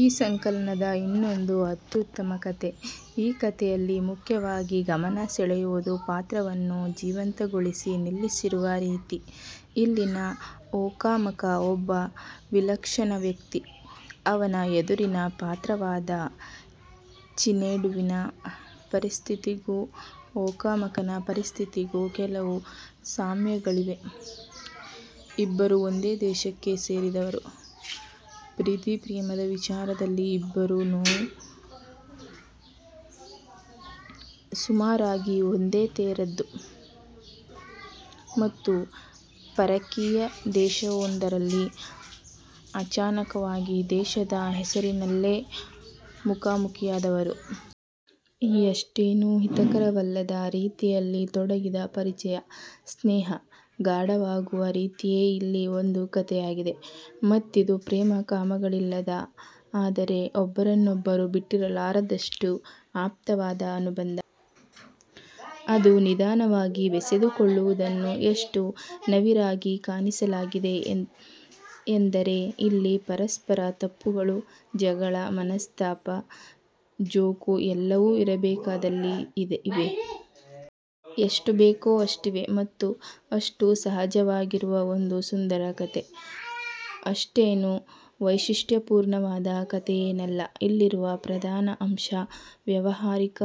ಈ ಸಂಕಲನದ ಇನ್ನೊಂದು ಅತ್ಯುತ್ತಮ ಕತೆ. ಈ ಕತೆಯಲ್ಲಿ ಮುಖ್ಯವಾಗಿ ಗಮನ ಸೆಳೆಯುವುದು ಪಾತ್ರವನ್ನು ಜೀವಂತಗೊಳಿಸಿ ನಿಲ್ಲಿಸಿರುವ ರೀತಿ. ಇಲ್ಲಿನ ಒಕಾಮಕ ಒಬ್ಬ ವಿಲಕ್ಷಣ ವ್ಯಕ್ತಿ. ಅವನ ಎದುರಿನ ಪಾತ್ರವಾದ ಚಿನೇಡುವಿನ ಪರಿಸ್ಥಿತಿಗೂ ಒಕಾಮಕನ ಪರಿಸ್ಥಿತಿಗೂ ಕೆಲವು ಸಾಮ್ಯಗಳಿವೆ. ಇಬ್ಬರೂ ಒಂದೇ ದೇಶಕ್ಕೆ ಸೇರಿದವರು, ಪ್ರೀತಿ ಪ್ರೇಮದ ವಿಚಾರದಲ್ಲಿ ಇಬ್ಬರ ನೋವೂ ಸುಮಾರಾಗಿ ಒಂದೇ ತೆರದ್ದು ಮತ್ತು ಪರಕೀಯ ದೇಶವೊಂದರಲ್ಲಿ ಅಚಾನಕವಾಗಿ ದೇಶದ ಹೆಸರಿನಲ್ಲೇ ಮುಖಾಮುಖಿಯಾದವರು. ಈ ಅಷ್ಟೇನೂ ಹಿತಕರವಲ್ಲದ ರೀತಿಯಲ್ಲಿ ತೊಡಗಿದ ಪರಿಚಯ-ಸ್ನೇಹ ಗಾಢವಾಗುವ ರೀತಿಯೇ ಇಲ್ಲಿ ಒಂದು ಕತೆಯಾಗಿದೆ. ಮತ್ತಿದು ಪ್ರೇಮ-ಕಾಮಗಳಿಲ್ಲದ ಆದರೆ ಒಬ್ಬರನ್ನೊಬ್ಬರು ಬಿಟ್ಟಿರಲಾರದಷ್ಟು ಆಪ್ತವಾದ ಅನುಬಂಧ. ಅದು ನಿಧಾನವಾಗಿ ಬೆಸೆದುಕೊಳ್ಳುವುದನ್ನು ಎಷ್ಟು ನವಿರಾಗಿ ಕಾಣಿಸಲಾಗಿದೆ ಎಂದರೆ ಇಲ್ಲಿ ಪರಸ್ಪರರ ತಪ್ಪುಗಳು, ಜಗಳ, ಮನಸ್ತಾಪ, ಜೋಕು ಎಲ್ಲವೂ ಇರಬೇಕಾದಲ್ಲಿ ಇವೆ. ಎಷ್ಟು ಬೇಕೊ ಅಷ್ಟಿವೆ ಮತ್ತು ಅಷ್ಟೂ ಸಹಜವಾಗಿರುವ ಒಂದು ಸುಂದರ ಕತೆ. ಅಷ್ಟೇನೂ ವೈಶಿಷ್ಟ್ಯಪೂರ್ಣವಾದ ಕತೆಯೇನಲ್ಲ. ಇಲ್ಲಿರುವ ಪ್ರಧಾನ ಅಂಶ ವ್ಯಾವಹಾರಿಕ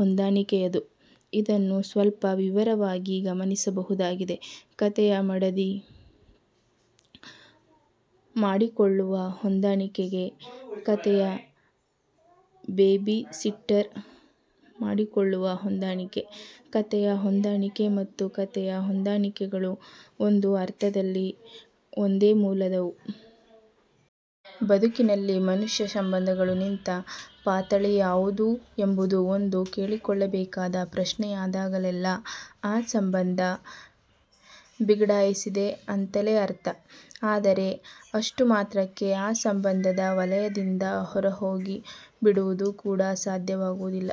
ಹೊಂದಾಣಿಕೆಯದು. ಇದನ್ನು ಸ್ವಲ್ಪ ವಿವರವಾಗಿ ಗಮನಿಸಬಹುದಾಗಿದೆ. ಕತೆಯ ಮಡದಿ ಮಾಡಿಕೊಳ್ಳುವ ಹೊಂದಾಣಿಕೆ ಕತೆಯ ಬೇಬಿಸಿಟ್ಟರ್ ಮಾಡಿಕೊಳ್ಳುವ ಹೊಂದಾಣಿಕೆ. ಕತೆಯ ಹೊಂದಾಣಿಕೆ ಮತ್ತು ಕತೆಯ ಹೊಂದಾಣಿಕೆಗಳು ಒಂದು ಅರ್ಥದಲ್ಲಿ ಒಂದೇ ಮೂಲದವು. ಬದುಕಿನಲ್ಲಿ ಮನುಷ್ಯ ಸಂಬಂಧಗಳು ನಿಂತ ಪಾತಳಿ ಯಾವುದು ಎಂಬುದು ಒಂದು ಕೇಳಿಕೊಳ್ಳಬೇಕಾದ ಪ್ರಶ್ನೆಯಾದಾಗಲೆಲ್ಲ ಆ ಸಂಬಂಧ ಬಿಗಡಾಯಿಸಿದೆ ಅಂತಲೇ ಅರ್ಥ. ಆದರೆ ಅಷ್ಟು ಮಾತ್ರಕ್ಕೆ ಆ ಸಂಬಂಧದ ವಲಯದಿಂದ ಹೊರಹೋಗಿ ಬಿಡುವುದು ಕೂಡ ಸಾಧ್ಯವಾಗುವುದಿಲ್ಲ.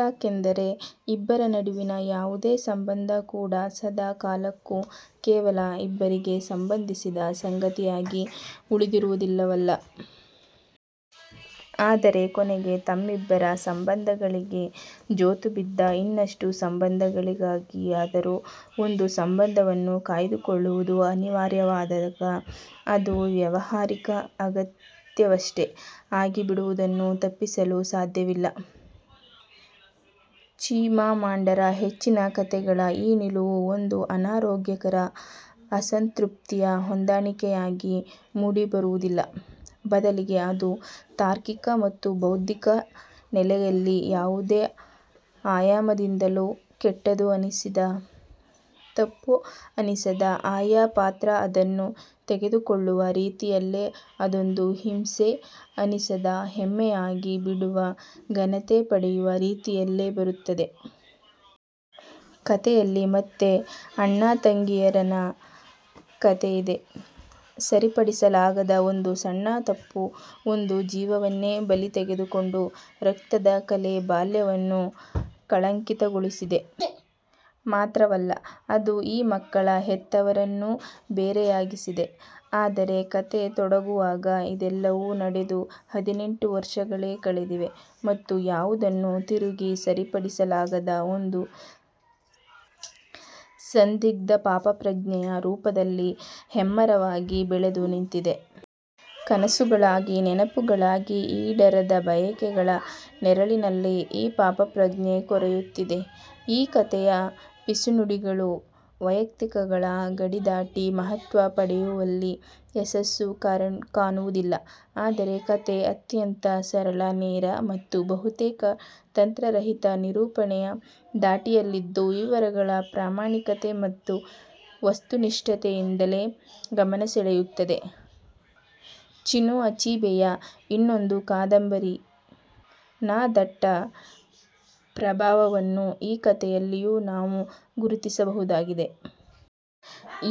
ಯಾಕೆಂದರೆ ಇಬ್ಬರ ನಡುವಿನ ಯಾವುದೇ ಸಂಬಂಧ ಕೂಡ ಸದಾ ಕಾಲಕ್ಕೂ ಕೇವಲ ಇಬ್ಬರಿಗೇ ಸಂಬಂಧಿಸಿದ ಸಂಗತಿಯಾಗಿ ಉಳಿದಿರುವುದಿಲ್ಲವಲ್ಲ. ಆದರೆ ಕೊನೆಗೆ ತಮ್ಮಿಬ್ಬರ ಸಂಬಂಧಗಳಿಗೆ ಜೋತುಬಿದ್ದ ಇನ್ನಷ್ಟು ಸಂಬಂಧಗಳಿಗಾಗಿಯಾದರೂ ಒಂದು ಸಂಬಂಧವನ್ನು ಕಾಯ್ದುಕೊಳ್ಳುವುದು ಅನಿವಾರ್ಯವಾದಾಗ ಅದು ವ್ಯಾವಹಾರಿಕ ಅಗತ್ಯವಷ್ಟೇ ಆಗಿ ಬಿಡುವುದನ್ನು ತಪ್ಪಿಸಲು ಸಾಧ್ಯವಿಲ್ಲ. ಚಿಮಾಮಾಂಡರ ಹೆಚ್ಚಿನ ಕತೆಗಳ ಈ ನಿಲುವು ಒಂದು ಅನಾರೋಗ್ಯಕರ-ಅಸಂತೃಪ್ತಿಯ ಹೊಂದಾಣಿಕೆಯಾಗಿ ಮೂಡಿ ಬರುವುದಿಲ್ಲ. ಬದಲಿಗೆ ಅದು ತಾರ್ಕಿಕ ಮತ್ತು ಬೌದ್ಧಿಕ ನೆಲೆಯಲ್ಲಿ ಯಾವುದೇ ಆಯಾಮದಿಂದಲೂ ಕೆಟ್ಟದು ಅನಿಸದ, ತಪ್ಪು ಅನಿಸದ, ಆಯಾ ಪಾತ್ರ ಅದನ್ನು ತೆಗೆದುಕೊಳ್ಳುವ ರೀತಿಯಲ್ಲೇ ಅದೊಂದು ಹಿಂಸೆ ಅನಿಸದ ಹೆಮ್ಮೆಯಾಗಿ ಬಿಡುವ ಘನತೆ ಪಡೆಯುವ ರೀತಿಯಲ್ಲೇ ಬರುತ್ತದೆ. ಕತೆಯಲ್ಲಿ ಮತ್ತೆ ಅಣ್ಣ-ತಂಗಿಯರ ನ ಕತೆಯಿದೆ. ಸರಿಪಡಿಸಲಾಗದ ಒಂದು ಸಣ್ಣ ತಪ್ಪು ಒಂದು ಜೀವವನ್ನೇ ಬಲಿ ತೆಗೆದುಕೊಂಡ ರಕ್ತದ ಕಲೆ ಬಾಲ್ಯವನ್ನು ಕಳಂಕಿತಗೊಳಿಸಿದೆ. ಮಾತ್ರವಲ್ಲ ಅದು ಈ ಮಕ್ಕಳ ಹೆತ್ತವರನ್ನೂ ಬೇರೆಯಾಗಿಸಿದೆ. ಆದರೆ ಕತೆ ತೊಡಗುವಾಗ ಇದೆಲ್ಲವೂ ನಡೆದು ಹದಿನೆಂಟು ವರ್ಷಗಳೇ ಕಳೆದಿವೆ ಮತ್ತು ಯಾವುದನ್ನೂ ತಿರುಗಿ ಸರಿಪಡಿಸಲಾಗದ ಒಂದು ಸಂದಿಗ್ಧ ಪಾಪಪ್ರಜ್ಞೆಯ ರೂಪದಲ್ಲಿ ಹೆಮ್ಮರವಾಗಿ ಬೆಳೆದುನಿಂತಿದೆ. ಕನಸುಗಳಾಗಿ, ನೆನಪುಗಳಾಗಿ, ಈಡೇರದ ಬಯಕೆಗಳ ನೆರಳಿನಲ್ಲಿ ಈ ಪಾಪಪ್ರಜ್ಞೆ ಕೊರೆಯುತ್ತಿದೆ. ಈ ಕತೆಯ ಪಿಸುನುಡಿಗಳು ವೈಯಕ್ತಿಕಗಳ ಗಡಿದಾಟಿ ಮಹತ್ವ ಪಡೆಯುವಲ್ಲಿ ಯಶಸ್ಸು ಕಾಣುವುದಿಲ್ಲ. ಆದರೆ, ಕತೆ ಅತ್ಯಂತ ಸರಳ-ನೇರ ಮತ್ತು ಬಹುತೇಕ ತಂತ್ರ ರಹಿತ ನಿರೂಪಣೆಯ ಧಾಟಿಯಲ್ಲಿದ್ದು ವಿವರಗಳ ಪ್ರಾಮಾಣಿಕತೆ ಮತ್ತು ವಸ್ತುನಿಷ್ಠತೆಯಿಂದಲೇ ಗಮನಸೆಳೆಯುತ್ತದೆ. ಚಿನು ಅಚೀಬೆಯ ಇನ್ನೊಂದು ಕಾದಂಬರಿ ನ ದಟ್ಟ ಪ್ರಭಾವವನ್ನು ಈ ಕತೆಯಲ್ಲಿಯೂ ನಾವು ಗುರುತಿಸಬಹುದಾಗಿದೆ.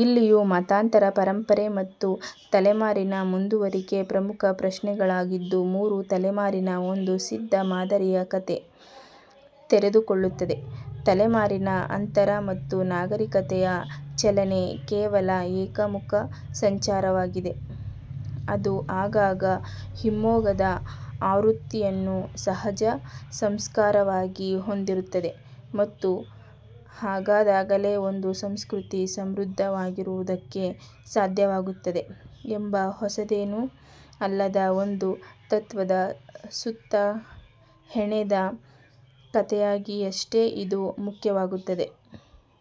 ಇಲ್ಲಿಯೂ ಮತಾಂತರ, ಪರಂಪರೆ ಮತ್ತು ತಲೆಮಾರಿನ ಮುಂದುವರಿಕೆ ಪ್ರಮುಖ ಪ್ರಶ್ನೆಗಳಾಗಿದ್ದು ಮೂರು ತಲೆಮಾರಿನ ಒಂದು ಸಿದ್ಧ ಮಾದರಿಯ ಕತೆ ತೆರೆದುಕೊಳ್ಳುತ್ತದೆ. ತಲೆಮಾರಿನ ಅಂತರ ಮತ್ತು ನಾಗರೀಕತೆಯ ಚಲನೆ ಕೇವಲ ಏಕಮುಖ ಸಂಚಾರವಾಗಿರದೆ ಅದು ಆಗಾಗ ಹಿಮ್ಮೊಗದ ಆವೃತ್ತಿಯನ್ನೂ ಸಹಜ ಸಂಸ್ಕಾರವಾಗಿ ಹೊಂದಿರುತ್ತದೆ ಮತ್ತು ಹಾಗಾದಾಗಲೇ ಒಂದು ಸಂಸ್ಕೃತಿ ಸಮೃದ್ಧವಾಗಿರುವುದಕ್ಕೆ ಸಾಧ್ಯವಾಗುತ್ತದೆ ಎಂಬ ಹೊಸದೇನೂ ಅಲ್ಲದ ಒಂದು ತತ್ವದ ಸುತ್ತ ಹೆಣೆದ ಕತೆಯಾಗಿಯಷ್ಟೇ ಇದು ಮುಖ್ಯವಾಗುತ್ತದೆ.